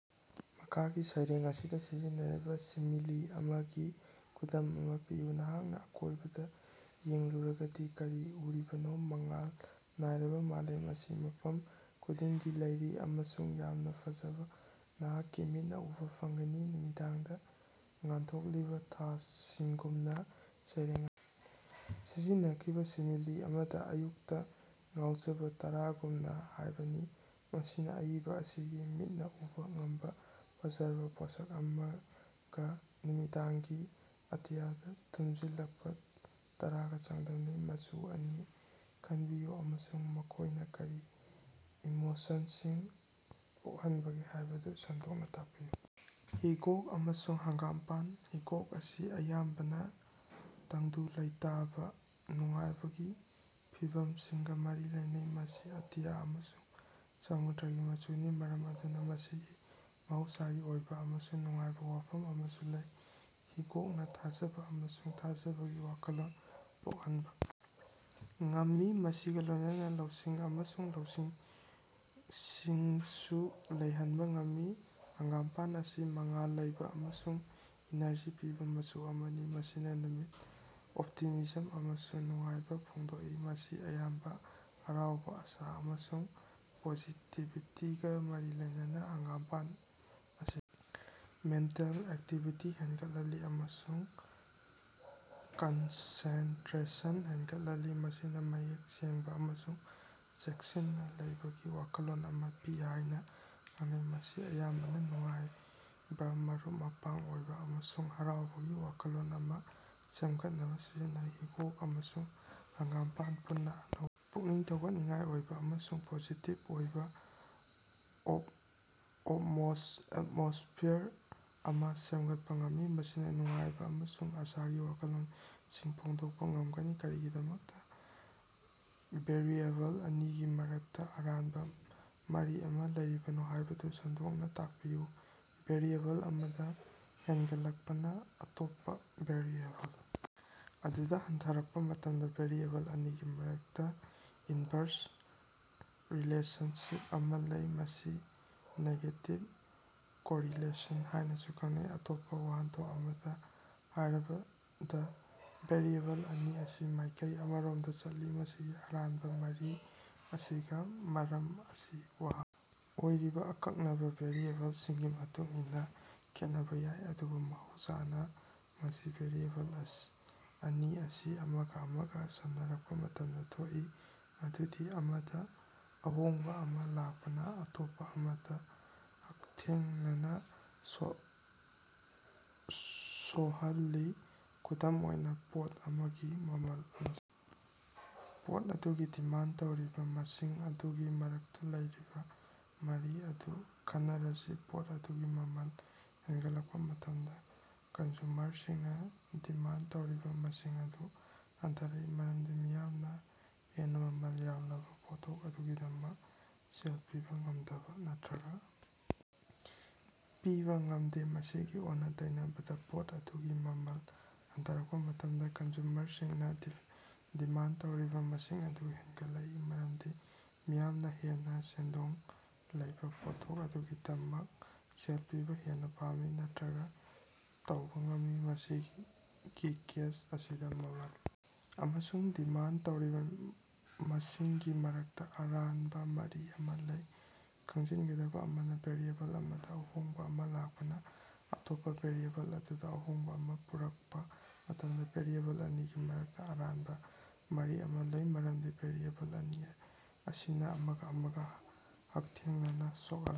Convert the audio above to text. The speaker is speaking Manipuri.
ꯃꯈꯥꯒꯤ ꯁꯩꯔꯦꯡ ꯑꯁꯤꯗ ꯁꯤꯖꯤꯟꯅꯔꯤꯕ ꯁꯤꯃꯤꯂꯤ ꯑꯃꯒꯤ ꯈꯨꯗꯝ ꯑꯃ ꯄꯤꯌꯨ꯫ "ꯅꯍꯥꯛꯅ ꯑꯀꯣꯏꯕꯗ ꯌꯦꯡꯂꯨꯔꯒꯗꯤ ꯀꯔꯤ ꯎꯔꯤꯕꯅꯣ? ꯃꯉꯥꯜ ꯅꯥꯏꯔꯕ ꯃꯥꯂꯦꯝ ꯑꯁꯤ ꯃꯐꯝ ꯈꯨꯗꯤꯡꯗ ꯂꯩꯔꯤ꯫ ꯑꯁꯨꯛ ꯌꯥꯝꯅ ꯐꯖꯕ ꯅꯍꯥꯛꯀꯤ ꯃꯤꯠꯅ ꯎꯕ ꯐꯪꯒꯅꯤ ꯅꯨꯃꯤꯗꯥꯡꯗ ꯉꯥꯟꯊꯣꯛꯂꯤꯕ ꯊꯥꯁꯤꯡꯒꯨꯝꯅ"꯫ ꯁꯩꯔꯦꯡ ꯑꯁꯤꯗ ꯁꯤꯖꯤꯟꯅꯈꯤꯕ ꯁꯤꯃꯤꯂꯤ ꯑꯃꯗꯤ " ꯑꯌꯨꯛꯇ ꯉꯥꯎꯖꯕ ꯇꯔꯥꯒꯨꯝꯅ" ꯍꯥꯏꯕꯅꯤ꯫ ꯃꯁꯤꯅ ꯑꯏꯕ ꯑꯁꯤꯒꯤ ꯃꯤꯠꯅ ꯎꯕ ꯉꯝꯕ ꯐꯖꯔꯕ ꯄꯣꯠꯁꯛ ꯑꯃꯒ ꯅꯨꯃꯤꯗꯥꯡꯒꯤ ꯑꯇꯤꯌꯥꯗ ꯊꯨꯝꯖꯤꯜꯂꯛꯄ ꯇꯔꯥꯒ ꯆꯥꯡꯗꯝꯅꯩ꯫ ꯃꯆꯨ ꯑꯅꯤ ꯈꯟꯕꯤꯌꯨ ꯑꯃꯁꯨꯡ ꯃꯈꯣꯏꯅ ꯀꯔꯤ ꯏꯃꯣꯁꯟꯁꯤꯡ ꯄꯣꯛꯍꯟꯕꯒꯦ ꯍꯥꯏꯕꯗꯨ ꯁꯟꯗꯣꯛꯅ ꯇꯥꯛꯄꯤꯌꯨ꯫ ꯍꯤꯒꯣꯛ ꯑꯃꯁꯨꯡ ꯍꯪꯒꯥꯝꯄꯥꯟ꯫ ꯍꯤꯒꯣꯛ ꯑꯁꯤ ꯑꯌꯥꯝꯕꯅ ꯇꯪꯗꯨ ꯂꯩꯇꯥꯕ, ꯅꯨꯡꯉꯥꯏꯕꯒꯤ ꯐꯤꯚꯝꯁꯤꯡꯒ ꯃꯔꯤ ꯂꯩꯅꯩ꯫ ꯃꯁꯤ ꯑꯇꯤꯌꯥ ꯑꯃꯁꯨꯡ ꯁꯃꯨꯗ꯭ꯔꯒꯤ ꯃꯆꯨꯅꯤ꯫ ꯃꯔꯝ ꯑꯗꯨꯅ ꯃꯁꯤꯒꯤ ꯃꯍꯧꯁꯥꯒꯤ ꯑꯣꯏꯕ ꯑꯃꯁꯨꯡ ꯅꯨꯡꯉꯥꯏꯕ ꯋꯥꯐꯝ ꯑꯃꯁꯨ ꯂꯩ꯫ ꯍꯤꯒꯣꯛꯅ ꯊꯥꯖꯕ ꯑꯃꯁꯨꯡ ꯊꯥꯖꯕꯒꯤ ꯋꯥꯈꯜꯂꯣꯟ ꯄꯣꯛꯍꯟꯕ ꯉꯝꯃꯤ꯫ ꯃꯁꯤꯒ ꯂꯣꯏꯅꯅ ꯂꯧꯁꯤꯡ ꯑꯃꯁꯨꯡ ꯂꯧꯁꯤꯡꯁꯨ ꯂꯩꯍꯟꯕ ꯉꯝꯃꯤ꯫ ꯍꯪꯒꯥꯝꯄꯥꯟ ꯑꯁꯤ ꯃꯉꯥꯜ ꯂꯩꯕ ꯑꯃꯁꯨꯡ ꯏꯅꯔꯖꯤ ꯄꯤꯕ ꯃꯆꯨ ꯑꯃꯅꯤ꯫ ꯃꯁꯤꯅ ꯅꯨꯃꯤꯠ, ꯑꯣꯞꯇꯤꯃꯤꯖꯝ ꯑꯃꯁꯨꯡ ꯅꯨꯡꯉꯥꯏꯕ ꯐꯣꯡꯗꯣꯛꯏ꯫ ꯃꯁꯤ ꯑꯌꯥꯝꯕꯅ ꯍꯔꯥꯎꯕ, ꯑꯁꯥ ꯑꯃꯁꯨꯡ ꯄꯣꯖꯤꯇꯤꯚꯤꯇꯤꯒ ꯃꯔꯤ ꯂꯩꯅꯩ꯫ ꯍꯪꯒꯥꯝꯄꯥꯟ ꯑꯁꯤꯅ ꯃꯦꯟꯇꯜ ꯑꯦꯛꯇꯤꯚꯤꯇꯤ ꯍꯦꯟꯒꯠꯍꯜꯂꯤ ꯑꯃꯁꯨꯡ ꯀꯟꯁꯦꯟꯇ꯭ꯔꯦꯁꯟ ꯍꯦꯟꯒꯠꯍꯜꯂꯤ꯫ ꯃꯁꯤꯅ ꯃꯌꯦꯛ ꯁꯦꯡꯕ ꯑꯃꯁꯨꯡ ꯆꯦꯛꯁꯤꯟꯅ ꯂꯩꯕꯒꯤ ꯋꯥꯈꯜꯂꯣꯟ ꯑꯃ ꯄꯤ ꯍꯥꯏꯅ ꯈꯪꯅꯩ꯫ ꯃꯁꯤ ꯑꯌꯥꯝꯕꯅ ꯅꯨꯡꯉꯥꯏꯕ, ꯃꯔꯨꯞ-ꯃꯄꯥꯡ ꯑꯣꯏꯕ ꯑꯃꯁꯨꯡ ꯍꯔꯥꯎꯕꯒꯤ ꯋꯥꯈꯜꯂꯣꯟ ꯑꯃ ꯁꯦꯝꯒꯠꯅꯕ ꯁꯤꯖꯤꯟꯅꯩ꯫ ꯍꯤꯒꯣꯛ ꯑꯃꯁꯨꯡ ꯍꯪꯒꯥꯝꯄꯥꯟꯅ ꯄꯨꯟꯅ ꯑꯅꯧꯕ, ꯄꯨꯛꯅꯤꯡ ꯊꯧꯒꯠꯅꯤꯡꯉꯥꯏ ꯑꯣꯏꯕ ꯑꯃꯁꯨꯡ ꯄꯣꯖꯤꯇꯤꯚ ꯑꯣꯏꯕ ꯑꯦꯠꯃꯣꯁ꯭ꯐꯤꯌꯔ ꯑꯃ ꯁꯦꯝꯒꯠꯄ ꯉꯝꯃꯤ꯫ ꯃꯁꯤꯅ ꯅꯨꯡꯉꯥꯏꯕ ꯑꯃꯁꯨꯡ ꯑꯁꯥꯒꯤ ꯋꯥꯈꯜꯂꯣꯟꯁꯤꯡ ꯐꯣꯡꯗꯣꯛꯄ ꯉꯝꯒꯅꯤ꯫ ꯀꯔꯤꯒꯤꯗꯃꯛꯇ ꯚꯦꯔꯤꯑꯦꯕꯜ ꯑꯅꯤꯒꯤ ꯃꯔꯛꯇ ꯑꯔꯥꯟꯕ ꯃꯔꯤ ꯑꯃ ꯂꯩꯔꯤꯕꯅꯣ ꯍꯥꯏꯕꯗꯨ ꯁꯟꯗꯣꯛꯅ ꯇꯥꯛꯄꯤꯌꯨ꯫ ꯚꯦꯔꯤꯑꯦꯕꯜ ꯑꯃꯗ ꯍꯦꯟꯒꯠꯂꯛꯄꯅ ꯑꯇꯣꯞꯄ ꯚꯦꯔꯤꯑꯦꯕꯜ ꯑꯗꯨꯗ ꯍꯟꯊꯔꯛꯄ ꯃꯇꯝꯗ ꯚꯦꯔꯤꯑꯦꯕꯜ ꯑꯅꯤꯒꯤ ꯃꯔꯛꯇ ꯏꯟꯚꯔꯁ ꯔꯤꯂꯦꯁꯟꯁꯤꯞ ꯑꯃ ꯂꯩ ꯫ ꯃꯁꯤ ꯅꯦꯒꯦꯇꯤꯚ ꯀꯣꯔꯤꯂꯦꯁꯟ ꯍꯥꯏꯅꯁꯨ ꯈꯪꯅꯩ꯫ ꯑꯇꯣꯞꯄ ꯋꯥꯍꯟꯊꯣꯛ ꯑꯃꯗ ꯍꯥꯏꯔꯕꯗ, ꯚꯦꯔꯤꯑꯦꯕꯜ ꯑꯅꯤ ꯑꯁꯤ ꯃꯥꯏꯀꯩ ꯑꯃꯔꯣꯝꯗ ꯆꯠꯂꯤ꯫ ꯃꯁꯤꯒꯤ ꯑꯔꯥꯟꯕ ꯃꯔꯤ ꯑꯁꯤꯒꯤ ꯃꯔꯝ ꯑꯁꯤ ꯋꯥꯍꯪ ꯑꯣꯏꯔꯤꯕ ꯑꯀꯛꯅꯕ ꯚꯦꯔꯤꯑꯦꯕꯜꯁꯤꯡꯒꯤ ꯃꯇꯨꯡ ꯏꯟꯅ ꯈꯦꯠꯅꯕ ꯌꯥꯏ, ꯑꯗꯨꯕꯨ ꯃꯍꯧꯁꯥꯅ ꯃꯁꯤ ꯚꯦꯔꯤꯑꯦꯕꯜ ꯑꯅꯤ ꯑꯁꯤ ꯑꯃꯒ ꯑꯃꯒ ꯁꯝꯅꯔꯛꯄ ꯃꯇꯝꯗ ꯊꯣꯛꯏ꯫ ꯃꯗꯨꯗꯤ ꯑꯃꯗ ꯑꯍꯣꯡꯕ ꯑꯃ ꯂꯥꯛꯄꯅ ꯑꯇꯣꯞꯄ ꯑꯃꯗ ꯍꯛꯊꯦꯡꯅꯅ ꯁꯣꯍꯜꯂꯤ꯫ ꯈꯨꯗꯝ ꯑꯣꯏꯅ, ꯄꯣꯠ ꯑꯃꯒꯤ ꯃꯃꯜ ꯑꯃꯁꯨꯡ ꯄꯣꯠ ꯑꯗꯨꯒꯤ ꯗꯤꯃꯥꯟꯗ ꯇꯧꯔꯤꯕ ꯃꯁꯤꯡ ꯑꯗꯨꯒꯤ ꯃꯔꯛꯇ ꯂꯩꯔꯤꯕ ꯃꯔꯤ ꯑꯗꯨ ꯈꯟꯅꯔꯁꯤ꯫ ꯄꯣꯠ ꯑꯗꯨꯒꯤ ꯃꯃꯜ ꯍꯦꯟꯒꯠꯂꯛꯄ ꯃꯇꯝꯗ ꯀꯟꯖ꯭ꯌꯨꯃꯔꯁꯤꯡꯅ ꯗꯤꯃꯥꯟꯗ ꯇꯧꯔꯤꯕ ꯃꯁꯤꯡ ꯑꯗꯨ ꯍꯟꯊꯔꯛꯏ꯫ ꯃꯔꯝꯗꯤ ꯃꯤꯌꯥꯝꯅ ꯍꯦꯟꯅ ꯃꯃꯜ ꯌꯥꯝꯂꯕ ꯄꯣꯠꯊꯣꯛ ꯑꯗꯨꯒꯤꯗꯃꯛ ꯁꯦꯜ ꯄꯤꯕ ꯉꯝꯗꯕ ꯅꯠꯇ꯭ꯔꯒ ꯄꯤꯕ ꯉꯝꯗꯦ꯫ ꯃꯁꯤꯒꯤ ꯑꯣꯟꯅ-ꯇꯩꯅꯕꯗ ꯄꯣꯠ ꯑꯗꯨꯒꯤ ꯃꯃꯜ ꯍꯟꯊꯔꯛꯄ ꯃꯇꯝꯗ ꯀꯟꯖ꯭ꯌꯨꯃꯔꯁꯤꯡꯅ ꯗꯤꯃꯥꯟꯗ ꯇꯧꯔꯤꯕ ꯃꯁꯤꯡ ꯑꯗꯨ ꯍꯦꯟꯒꯠꯂꯛꯏ, ꯃꯔꯝꯗꯤ ꯃꯤꯌꯥꯝꯅ ꯍꯦꯟꯅ ꯁꯦꯟꯗꯣꯡ ꯂꯩꯕ ꯄꯣꯠꯊꯣꯛ ꯑꯗꯨꯒꯤꯗꯃꯛ ꯁꯦꯜ ꯄꯤꯕ ꯍꯦꯟꯅ ꯄꯥꯝꯃꯤ ꯅꯠꯇ꯭ꯔꯒ ꯇꯧꯕ ꯉꯝꯃꯤ꯫ ꯃꯁꯤꯒꯤ ꯀꯦꯁ ꯑꯁꯤꯗ ꯃꯃꯜ ꯑꯃꯁꯨꯡ ꯗꯤꯃꯥꯟꯗ ꯇꯧꯔꯤꯕ ꯃꯁꯤꯡꯒꯤ ꯃꯔꯛꯇ ꯑꯔꯥꯟꯕ ꯃꯔꯤ ꯑꯃ ꯂꯩ꯫ ꯈꯪꯖꯤꯟꯒꯗꯕ ꯑꯃꯅ, ꯚꯦꯔꯤꯑꯦꯕꯜ ꯑꯃꯗ ꯑꯍꯣꯡꯕ ꯑꯃ ꯂꯥꯛꯄꯅ ꯑꯇꯣꯞꯄ ꯚꯦꯔꯤꯑꯦꯕꯜ ꯑꯗꯨꯗ ꯑꯍꯣꯡꯕ ꯑꯃ ꯄꯨꯔꯛꯄ ꯃꯇꯝꯗ ꯚꯦꯔꯤꯑꯦꯕꯜ ꯑꯅꯤꯒꯤ ꯃꯔꯛꯇ ꯑꯔꯥꯟꯕ ꯃꯔꯤ ꯑꯃ ꯂꯩ꯫ ꯃꯔꯝꯗꯤ ꯚꯦꯔꯤꯑꯦꯕꯜ ꯑꯅꯤ ꯑꯁꯤꯅ ꯑꯃꯒ ꯑꯃꯒ ꯍꯛꯊꯦꯡꯅꯅ ꯁꯣꯛꯍꯜꯂꯤ꯫